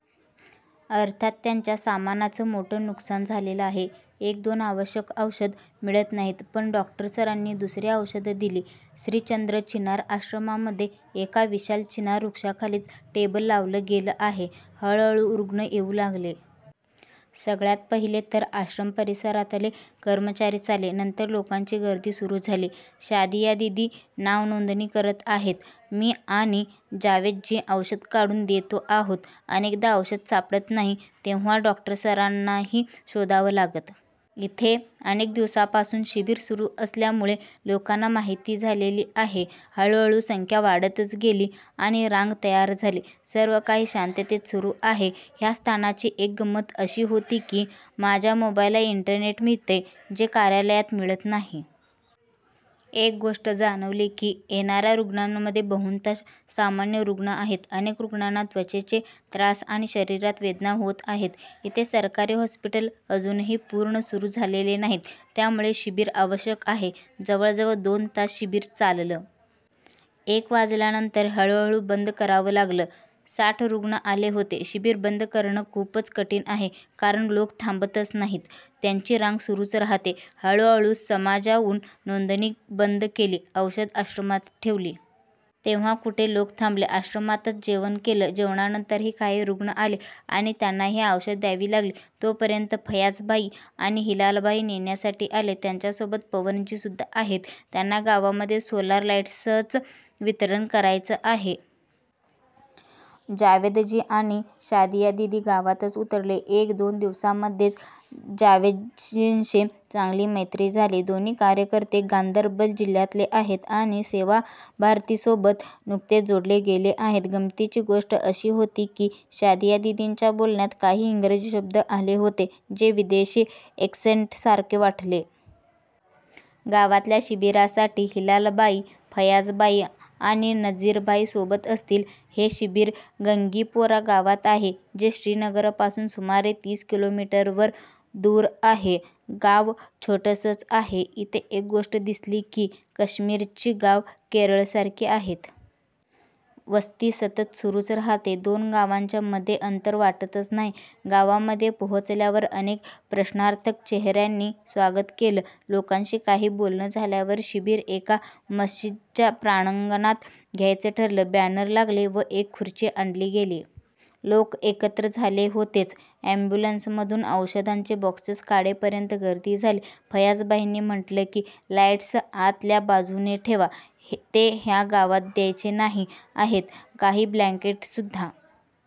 अर्थात त्यांच्या सामानाचं मोठं नुकसान झालेलं आहे. एक- दोन आवश्यक औषधं मिळत नाहीत. पण डॉ. सरांनी दुसरी औषधं दिली. श्री चन्द्र चिनार आश्रमामध्ये एका विशाल चिनार वृक्षाखालीच टेबल लावलं गेलं आहे. हळु हळु रुग्ण येऊ लागले. सगळ्यात पहिले तर आश्रम परिसरातले कर्मचारीच आले. नंतर लोकांची गर्दी सुरू झाली. शादिया दिदी नाव नोंदणी करत आहेत; मी आणि जावेदजी औषधं काढून देतो आहोत. अनेकदा औषध सापडत नाही. तेव्हा डॉ. सरांनाही शोधावं लागतं. इथे अनेक दिवसांपासून शिबिर सुरू असल्यामुळे लोकांना माहिती झालेली आहे. हळु हळु संख्या वाढतच गेली आणि रांग तयार झाली. सर्व काही शांततेत सुरू आहे. ह्या स्थानाची एक गंमत अशी होती की माझ्या मोबाईलला इंटरनेट मिळतंय; जे कार्यालयात मिळत नाही. एक गोष्ट जाणवली की, येणा-या रुग्णांमध्ये बहुतांश सामान्य रुग्ण आहेत. अनेक रुग्णांना त्वचेचे त्रास आणि शरीरात वेदना होत आहेत. इथे सरकारी हॉस्पिटल अजूनही पूर्ण सुरू झालेले नाहीत. त्यामुळे शिबिर आवश्यक आहे. जवळजवळ दोन तास शिबिर चाललं. एक वाजल्यानंतर हळु हळु बंद करावं लागलं. साठ रुग्ण आले होते. शिबिर बंद करणं खूपच कठिण आहे; कारण लोक थांबतच नाहीत. त्यांची रांग सुरूच राहते. हळु हळु समजावून नोंदणी बंद केली. औषधं आश्रमात ठेवली. तेव्हा कुठे लोक थांबले. आश्रमातच जेवण केलं. जेवणानंतरही काही रुग्ण आले आणि त्यांनाही औषधं द्यावी लागली. तोपर्यंत फयाज़ भाई आणि हिलाल भाई नेण्यासाठी आले. त्यांच्यासोबत पवनजीसुद्धा आहेत. त्यांना गावामध्ये सोलार लाईटसचं वितरण करायचं आहे. जावेदजी आणि शादिया दिदी गावातच उतरले. एक- दोन दिवसांमध्येच जावेदजींशी चांगली मैत्री झाली. दोन्ही कार्यकर्ते गांदरबल जिल्ह्यातले आहेत आणि सेवा भारतीसोबत नुकतेच जोडले गेले आहेत. गमतीची गोष्ट अशी होती की शादिया दिदींच्या बोलण्यात काही इंग्रजी शब्द आले होते जे विदेशी एक्सेंटसारखे वाटले. गावातल्या शिबिरासाठी हिलाल भाई, फयाज़ भाई आणि नज़ीर भाई सोबत असतील. हे शिबिर गंगीपोरा गावात आहे जे श्रीनगरपासून सुमारे तीस किलोमीटर दूर आहे. गांव छोटसंच आहे. इथे एक गोष्ट दिसली की कश्मीरची गावं केरळसारखी आहेत. वस्ती सतत सुरूच राहते. दोन गावांच्या मध्ये अंतर वाटतच नाही. गावामध्ये पोहचल्यावर अनेक प्रश्नार्थक चेह-यांनी स्वागत केलं. लोकांशी काही बोलणं झाल्यावर शिबिर एका मस्जीदच्या प्रांगणात घ्यायचं ठरलं. बॅनर लागले व एक खुर्ची आणली गेली. लोक एकत्र झाले होतेच. एम्ब्युलन्समधून औषधांचे बॉक्सेस काढेपर्यंत गर्दी झाली. फयाज़ भाईंनी म्हंटलं की, लाईटस आतल्या बाजूने ठेवा; ते ह्या गावात द्यायचे नाही आहेत. काही ब्लँकेटससुद्धा